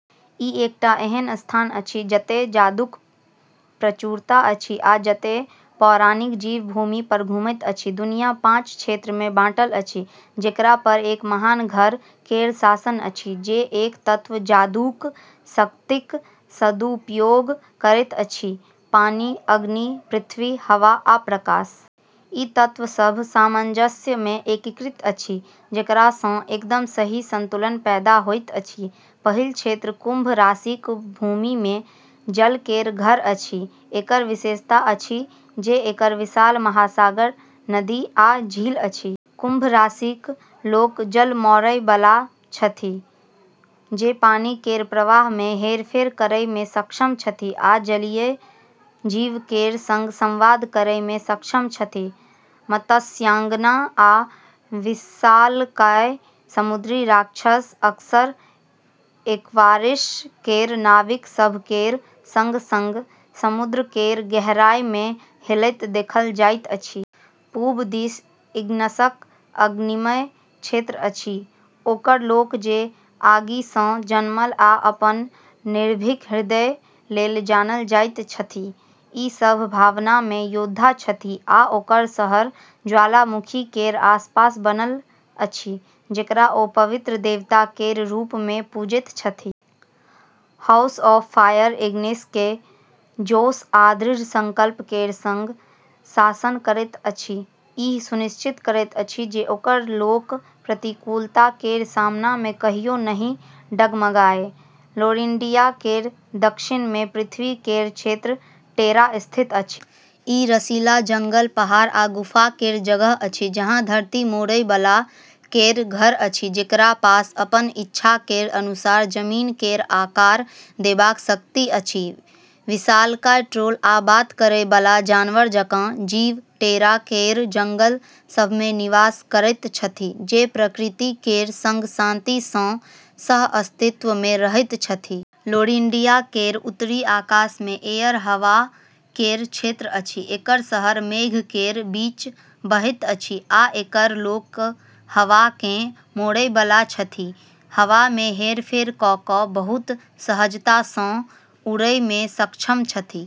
ई एकटा एहन स्थान अछि जतए जादूक प्रचुरता अछि आ जतए पौराणिक जीव भूमि पर घुमैत अछि। दुनिया पाँच क्षेत्र मे बाँटल अछि, जेकरा पर एक महान घर केर शासन अछि जे एक तत्व जादूक शक्तिक सदुपयोग करैत अछि- पानी, अग्नि, पृथ्वी, हवा, आ प्रकाश। ई तत्व सभ सामंजस्य मे एकीकृत अछि, जेकरा सँ एकदम सही संतुलन पैदा होइत अछि। पहिल क्षेत्र कुंभ राशिक भूमि मे जल केर घर अछि। एकर विशेषता अछि जे एकर विशाल महासागर, नदी, आ झील अछि। कुंभ राशिक लोक जल-मोड़ै बला छथि, जे पानी केर प्रवाह मे हेरफेर करै मे सक्षम छथि आ जलीय जीव केर सँग संवाद करै मे सक्षम छथि। मत्स्यांगना आ विशालकाय समुद्री राक्षस अक्सर एक्वारिस केर नाविक सभ केर सँग-सँग समुद्र केर गहराई मे हेलैत देखल जाइत छथि। पूब दिस इग्निसक अग्निमय क्षेत्र अछि; ओकर लोक जे आगि सँ जन्मल आ अपन निर्भीक हृदय लेल जानल जाइत छथि। ई सभ भावना मे योद्धा छथि आ ओकर शहर ज्वालामुखी केर आसपास बनल अछि, जेकरा ओ पवित्र देवता केर रूप मे पूजैत छथि। हाउस ऑफ फायर इग्निस केँ जोश आ दृढ़ संकल्प केर सँग शासन करैत अछि, ई सुनिश्चित करैत अछि जे ओकर लोक प्रतिकूलता केर सामना मे कहियो नहि डगमगाए। लोरिंडिया केर दक्षिण मे पृथ्वी केर क्षेत्र टेरा स्थित अछि। ई रसीला जंगल, पहाड़, आ गुफा केर जगह अछि, जहाँ धरती-मोड़ै बला केर घर अछि, जेकरा पास अपन इच्छा केर अनुसार जमीन केर आकार देबाक शक्ति अछि। विशालकाय ट्रोल आ बात करै बला जानवर जकाँ जीव टेरा केर जंगल सभ मे निवास करैत छथि, जे प्रकृति केर सँग शांति सँ सह-अस्तित्व मे रहैत छथि। लोरिंडिया केर उत्तरी आकाश मे एयर, हवा केर क्षेत्र अछि। एकर शहर मेघ केर बीच बहैत अछि, आ एकर लोक हवा केँ मोड़ै बला छथि, हवा मे हेरफेर कऽ कऽ बहुत सहजता सँ उड़ै मे सक्षम छथि।